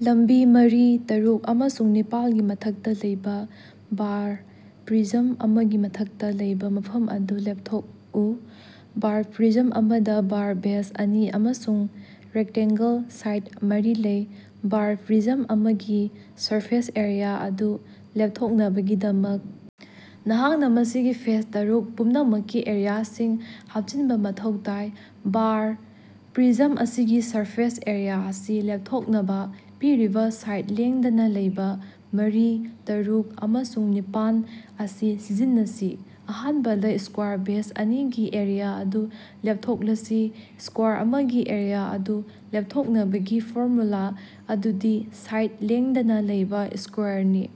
ꯂꯝꯕꯤ ꯃꯔꯤ, ꯇꯔꯨꯛ ꯑꯃꯁꯨꯡ ꯅꯤꯄꯥꯜꯒꯤ ꯃꯊꯛꯇ ꯂꯩꯕ ꯕꯥꯔ ꯄ꯭ꯔꯤꯖꯝ ꯑꯃꯒꯤ ꯃꯊꯛꯇ ꯂꯩꯕ ꯃꯐꯝ ꯑꯗꯨ ꯂꯦꯞꯊꯣꯛꯎ꯫ ꯕꯥꯔ ꯄ꯭ꯔꯤꯖꯝ ꯑꯃꯗ ꯕꯥꯔ ꯕꯦꯖ ꯑꯅꯤ ꯑꯃꯁꯨꯡ ꯔꯦꯛꯇꯟꯒꯜ ꯁꯥꯏꯗ ꯃꯔꯤ ꯂꯩ꯫ ꯕꯥꯔ ꯄ꯭ꯔꯤꯖꯝ ꯑꯃꯒꯤ ꯁꯔꯐꯦꯁ ꯑꯦꯔꯤꯌꯥ ꯑꯗꯨ ꯂꯦꯞꯊꯣꯛꯅꯕꯒꯤꯗꯃꯛ, ꯅꯍꯥꯛꯅ ꯃꯁꯤꯒꯤ ꯐꯦꯁ ꯇꯔꯨꯛ ꯄꯨꯝꯅꯃꯛꯀꯤ ꯑꯦꯔꯤꯌꯥꯁꯤꯡ ꯍꯥꯞꯆꯤꯟꯕ ꯃꯊꯧ ꯇꯥꯏ꯫ꯕꯥꯔ ꯄ꯭ꯔꯤꯖꯝ ꯑꯁꯤꯒꯤ ꯁꯔꯐꯦꯁ ꯑꯦꯔꯤꯌꯥ ꯑꯁꯤ ꯂꯦꯞꯊꯣꯛꯅꯕ, ꯄꯤꯔꯤꯕ ꯁꯥꯏꯗ ꯂꯦꯡꯗꯅ‌ ꯂꯩꯕ ꯃꯔꯤ, ꯇꯔꯨꯛ, ꯑꯃꯁꯨꯡ ꯅꯤꯄꯥꯟ ꯑꯁꯤ ꯁꯤꯖꯤꯟꯅꯁꯤ꯫ ꯑꯍꯥꯟꯕꯗ, ꯁꯀ꯭ꯋꯥꯔ ꯕꯦꯖ ꯑꯅꯤꯒꯤ ꯑꯦꯔꯤꯌꯥ ꯑꯗꯨ ꯂꯦꯞꯊꯣꯛꯂꯁꯤ: ꯁꯀ꯭ꯋꯥꯔ ꯑꯃꯒꯤ ꯑꯦꯔꯤꯌꯥ ꯑꯗꯨ ꯂꯦꯞꯊꯣꯛꯅꯕꯒꯤ ꯐꯣꯔꯃꯨꯂꯥ ꯑꯗꯨꯗꯤ ꯁꯥꯏꯗ ꯂꯦꯡꯗꯅ ꯂꯩꯕ ꯁ꯭ꯀꯣꯌꯔꯅꯤ꯫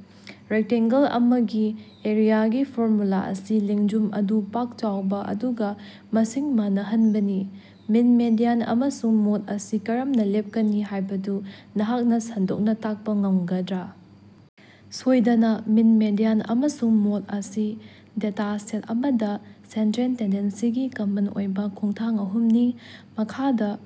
ꯔꯦꯛꯇꯟꯒꯜ ꯑꯃꯒꯤ ꯑꯦꯔꯤꯌꯥꯒꯤ ꯐꯣꯔꯃꯨꯂꯥ ꯑꯁꯤ ꯂꯦꯡꯖꯨꯝ ꯑꯗꯨ ꯄꯥꯛ ꯆꯥꯎꯕ ꯑꯗꯨꯒ ꯃꯁꯤꯡ ꯃꯥꯟꯅꯍꯟꯕꯅꯤ꯫ ꯃꯤꯟ ꯃꯦꯗꯤꯌꯥꯟ ꯑꯃꯁꯨꯡ ꯃꯣꯗ ꯑꯁꯤ ꯀꯔꯝꯅ ꯂꯦꯞꯀꯅꯤ ꯍꯥꯏꯕꯗꯨ ꯅꯍꯥꯛꯅ ꯁꯟꯗꯣꯛꯅ ꯇꯥꯛꯄ ꯉꯝꯒꯗ꯭ꯔꯥ? ꯁꯣꯏꯗꯅ! ꯃꯤꯟ, ꯃꯦꯗꯤꯌꯥꯟ ꯑꯃꯁꯨꯡ ꯃꯣꯗ ꯑꯁꯤ ꯗꯦꯇꯥ ꯁꯦꯠ ꯑꯃꯗ ꯁꯦꯟꯇ꯭ꯔꯦꯜ ꯇꯦꯟꯗꯦꯟꯁꯤꯒꯤ ꯀꯃꯟ ꯑꯣꯏꯕ ꯈꯣꯡꯊꯥꯡ ꯑꯍꯨꯝꯅꯤ꯫ ꯃꯈꯥꯗ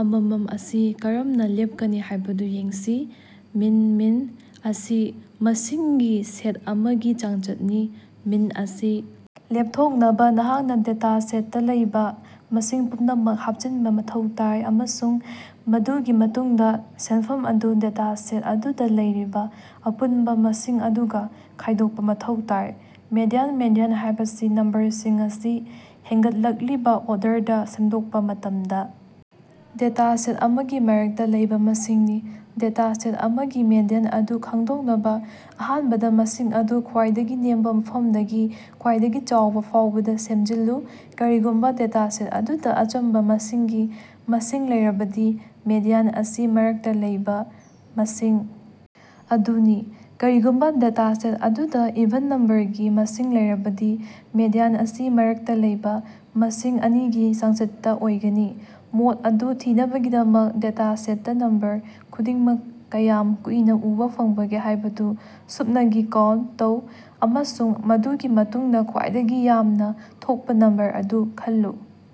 ꯑꯃꯃꯝ ꯑꯁꯤ ꯀꯔꯝꯅ ꯂꯦꯞꯀꯅꯤ ꯍꯥꯏꯕꯗꯨ ꯌꯦꯡꯁꯤ‌: ꯃꯤꯟ - ꯃꯤꯟ ꯑꯁꯤ ꯃꯁꯤꯡꯒꯤ ꯁꯦꯠ ꯑꯃꯒꯤ ꯆꯥꯡꯆꯠꯅꯤ꯫ ꯃꯤꯟ ꯑꯁꯤ ꯂꯦꯞꯊꯣꯛꯅꯕ, ꯅꯍꯥꯛꯅ ꯗꯦꯇꯥꯁꯦꯇꯠꯇ ꯂꯩꯕ ꯃꯁꯤꯡ ꯄꯨꯝꯅꯃꯛ ꯍꯥꯞꯆꯤꯟꯕ ꯃꯊꯧ ꯇꯥꯏ ꯑꯃꯁꯨꯡ ꯃꯗꯨꯒꯤ ꯃꯇꯨꯡꯗ ꯁꯦꯟꯐꯝ ꯑꯗꯨ ꯗꯦꯇꯥꯁꯦꯠ ꯑꯗꯨꯗ ꯂꯩꯔꯤꯕ ꯑꯄꯨꯟꯕ ꯃꯁꯤꯡ ꯑꯗꯨꯒ ꯈꯥꯏꯗꯣꯛꯄ ꯃꯊꯧ ꯇꯥꯏ꯫ ꯃꯦꯗꯤꯌꯥꯟ - ꯃꯦꯗꯤꯌꯥꯟ ꯍꯥꯏꯕꯁꯤ ꯅꯝꯕꯔꯁꯤꯡ ꯑꯁꯤ ꯍꯦꯟꯒꯠꯂꯛꯂꯤꯕ ꯑꯣꯔꯗꯔꯗ ꯁꯦꯝꯗꯣꯛꯄ ꯃꯇꯝꯗ ꯗꯦꯇꯥꯁꯦꯠ ꯑꯃꯒꯤ ꯃꯔꯛꯇ ꯂꯩꯕ ꯃꯁꯤꯡꯅꯤ꯫ ꯗꯦꯇꯥ ꯁꯦꯠ ꯑꯃꯒꯤ ꯃꯦꯗꯤꯌꯥꯟ ꯑꯗꯨ ꯈꯪꯗꯣꯛꯅꯕ, ꯑꯍꯥꯟꯕꯗ ꯃꯁꯤꯡ ꯑꯗꯨ ꯈ꯭ꯋꯥꯏꯗꯒꯤ ꯅꯦꯝꯕ ꯃꯐꯝꯗꯒꯤ ꯈ꯭ꯋꯥꯏꯗꯒꯤ ꯆꯥꯎꯕ ꯐꯥꯎꯕꯗ ꯁꯦꯝꯖꯤꯜꯂꯨ꯫ ꯀꯔꯤꯒꯨꯝꯕ ꯗꯦꯇꯥꯁꯦꯠ ꯑꯗꯨꯗ ꯑꯆꯝꯕ ꯃꯁꯤꯡꯒꯤ ꯃꯁꯤꯡ ꯂꯩꯔꯕꯗꯤ, ꯃꯦꯗꯤꯌꯥꯟ ꯑꯁꯤ ꯃꯔꯛꯇ ꯂꯩꯕ ꯃꯁꯤꯡ ꯑꯗꯨꯅꯤ꯫ ꯀꯔꯤꯒꯨꯝꯕꯥ ꯗꯦꯇꯥꯁꯦꯠ ꯑꯗꯨꯗ ꯏꯚꯟ ꯅꯝꯕꯔꯒꯤ ꯃꯁꯤꯡ ꯂꯩꯔꯕꯗꯤ, ꯃꯦꯗꯤꯌꯥꯟ ꯑꯁꯤ ꯃꯔꯛꯇ ꯂꯩꯕꯥ ꯃꯁꯤꯡ ꯑꯅꯤꯒꯤ ꯆꯥꯡꯆꯠꯇ ꯑꯣꯏꯒꯅꯤ꯫ ꯃꯣꯗ ꯑꯗꯨ ꯊꯤꯅꯕꯒꯤꯗꯃꯛ, ꯗꯦꯇꯥꯁꯦꯠꯇ ꯅꯝꯕꯔ ꯈꯨꯗꯤꯡꯃꯛ ꯀꯌꯥꯝ ꯀꯨꯏꯅ ꯎꯕꯥ ꯐꯪꯕꯒꯦ ꯍꯥꯏꯕꯗꯨ ꯁꯨꯞꯅꯒꯤ ꯀꯥꯎꯟꯇ ꯇꯧ, ꯑꯃꯁꯨꯡ ꯃꯗꯨꯒꯤ ꯃꯇꯨꯡꯗ ꯈ꯭ꯋꯥꯏꯗꯒꯤ ꯌꯥꯝꯅ ꯊꯣꯛꯄ ꯅꯝꯕꯔ ꯑꯗꯨ ꯈꯜꯂꯨ꯫